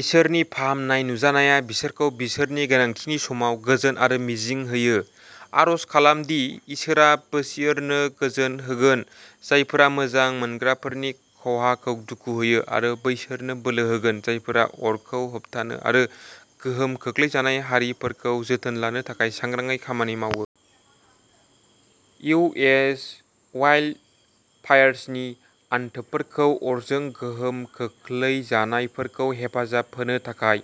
इसोरनि फाहामनाय नुजानाया बिसोरखौ बिसोरनि गोनांथिनि समाव गोजोन आरो मिजिं होयो। आरज खालामदि इसोरआ बैसोरनो गोजोन होगोन जायफोरा मोजां मोनग्राफोरनि खहाखौ दुखु होयो आरो बैसोरनो बोलो होगोन जायफोरा अरखौ होबथानो आरो गोहोम खोख्लैजानाय हारिफोरखौ जोथोन लानो थाखाय सांग्राङै खामानि मावो। इउ एस अवाइल्ड फायार्सनि अनथोबफोरखौ अरजों गोहोम खोख्लैजानायफोरखौ हेफाजाब होनो थाखाय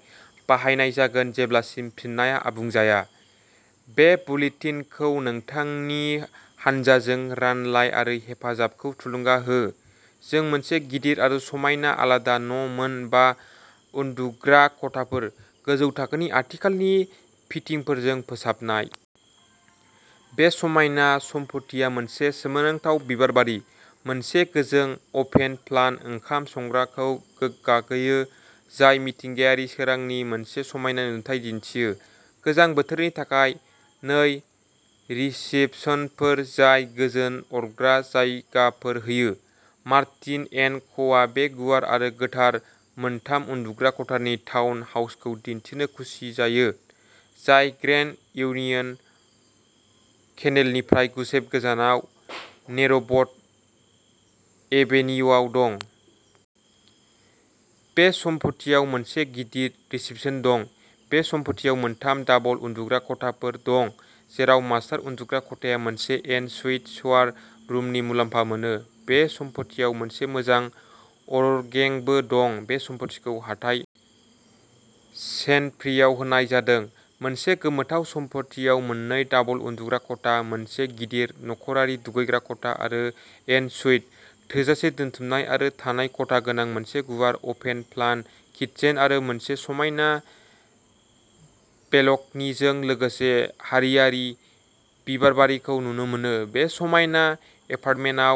बाहायनाय जागोन जेब्लासिम फिननाया आबुं जाया। बे बुलेटिनखौ नोंथांनि हानजाजों रानलाय आरो हेफाजाबखौ थुलुंगा हो। जों मोनसे गिदिर आरो समायना आलादा न' मोन बा उन्दुग्रा खथाफोर, गोजौ थाखोनि आथिखालनि फिटिंफोरजों फोसाबनाय। बे समायना सम्फथिया मोनसे सोमोनांथाव बिबारबारि, मोनसे गोजों अपेन-प्लान ओंखाम संग्राखौ गोगगायो, जाय मिथिंगायारि सोरांनि मोनसे समायना नुथाय दिन्थियो। गोजां बोथोरनि थाखाय नै रिसेपसनफोर, जाय गोजोन अरग्रा जायगाफोर होयो। मार्टिन एन्ड क'आ बे गुवार आरो गोथार मोनथाम उन्दुग्रा खथानि टाउन हाउसखौ दिन्थिनो खुसि जायो, जाय ग्रेन्ड इउनियन केनेलनिफ्राय गुसेब गोजानाव नेर'बट एभेनियुआव दं। बे सम्फथिआव मोनसे गिदिर रिसेपसन दं। बे सम्फथिआव मोनथाम दाबल उन्दुग्रा खथाफोर दं, जेराव मास्टार उन्दुग्रा खथाया मोनसे एन सुइट सावार रुमनिफ्राय मुलाम्फा मोनो। बे सम्फथिआव मोनसे मोजां अरगेंबो दं। बे सम्फथिखौ हाथाइ चेन फ्रिआव होनाय जादों, मोनसे गोमोथाव सम्फथिआव मोननै दाबल उन्दुग्रा खथा, मोनसे गिदिर नखरारि दुगैग्रा खथा आरो एन सुइट, थोजासे दोनथुमनाय आरो थानाय खथा गोनां मोनसे गुवार अपेन प्लान किटचेन आरो मोनसे समायना बेलकनिजों लोगोसे हारियारि बिबारबारिखौ नुनो मोनो, बे समायना एपार्टमेन्टआ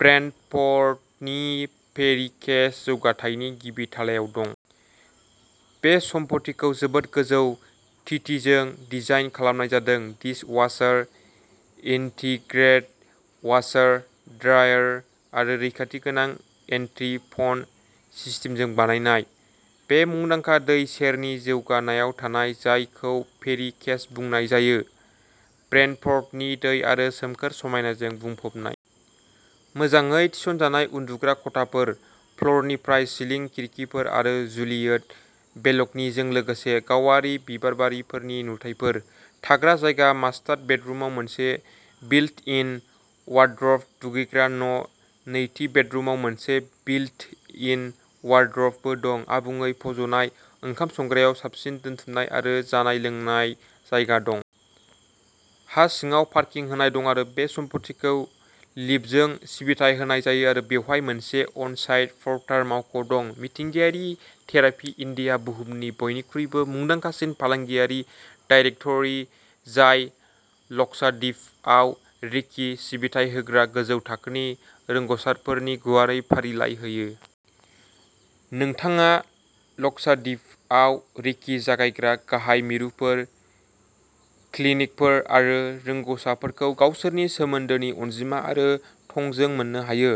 ब्रेन्टफ'र्डनि फेरि केस जौगाथायनि गिबि थालायाव दं। बे सम्फथिखौ जोबोद गोजौ थिथिजों डिजाइन खालामनाय जादों, डिस अवासार, इन्टिग्रेटेड अवासार, ड्रायार आरो रैखाथि गोनां एन्ट्रि फ'न सिस्टेमजों बानायनाय। बे मुंदांखा दै सेरनि जौगानायाव थानाय जायखौ फेरि केस बुंनाय जायो, ब्रेन्टफ'र्डनि दै आरो सोमखोर समायनाजों बुंफबनाय। मोजाङै थिसनजानाय उन्दुग्रा खथाफोर, फ्लरनिफ्राय सिलिं खिरखिफोर आरो जुलियट बेलकनिजों लोगोसे गावारि बिबारबारिफोरनि नुथायफोर। थाग्रा जायगा मास्टार बेडरुमाव मोनसे बिल्ट इन अवारद्रब, दुगैग्रा न', नैथि बेडरुमाव मोनसे बिल्ट इन अवारद्रब बो दं। आबुङै फज'नाय ओंखाम संग्रायाव साबसिन दोनथुमनाय आरो जानाय-लोंनाय जायगा दं। हा सिङाव पारकिं होनाय दं आरो बे सम्फथिखौ लिफ्टजों सिबिथाय होनाय जायो आरो बेवहाय मोनसे अन-साइट पर्टार मावख' दं। मिथिंगायारि थेरापि इन्डियाआ बुहुमनि बयनिख्रुइबो मुंदांखासिन फालांगियारि दाइरेक्टरि जाय लक्षाद्वीपआव रेकि सिबिथाय होग्रा गोजौ थाखोनि रोंग'सारफोरनि गुवारै फारिलाइ होयो। नोंथाङा लक्षाद्वीपआव रेकि जगायग्रा गाहाय मिरुफोर, क्लिनिकफोर आरो रोंग'सारफोरखौ गावसोरनि सोमोन्दोनि अनजिमा आरो थंजों मोननो हायो।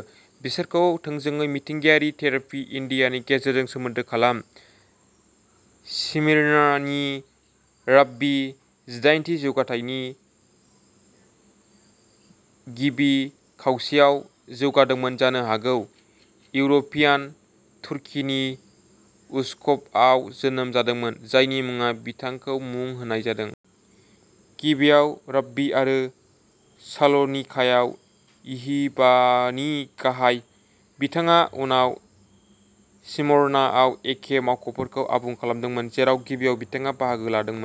बिसोरखौ थोंजोङै मिथिंगायारि थेरापि इन्डियानि गेजेरजों सोमोन्दो खालाम। स्मिनारनि राब्बि जिदाइनथि जौथाइनि गिबि खावसेयाव जौगादोंमोन जानो हागौ इउर'पियान तुरकिनि उस्कुपआव जोनोम जादोंमोन, जायनि मुङाव बिथांखौ मुं होनाय जादों। गिबियाव राब्बि आरो साल'निकायाव इ'हिबाहनि गाहाय, बिथाङा उनाव सिमरना आव एखे मावख'फोरखौ आबुं खालामदोंमोन, जेराव गिबियाव बिथाङा बाहागो लादोंमोन।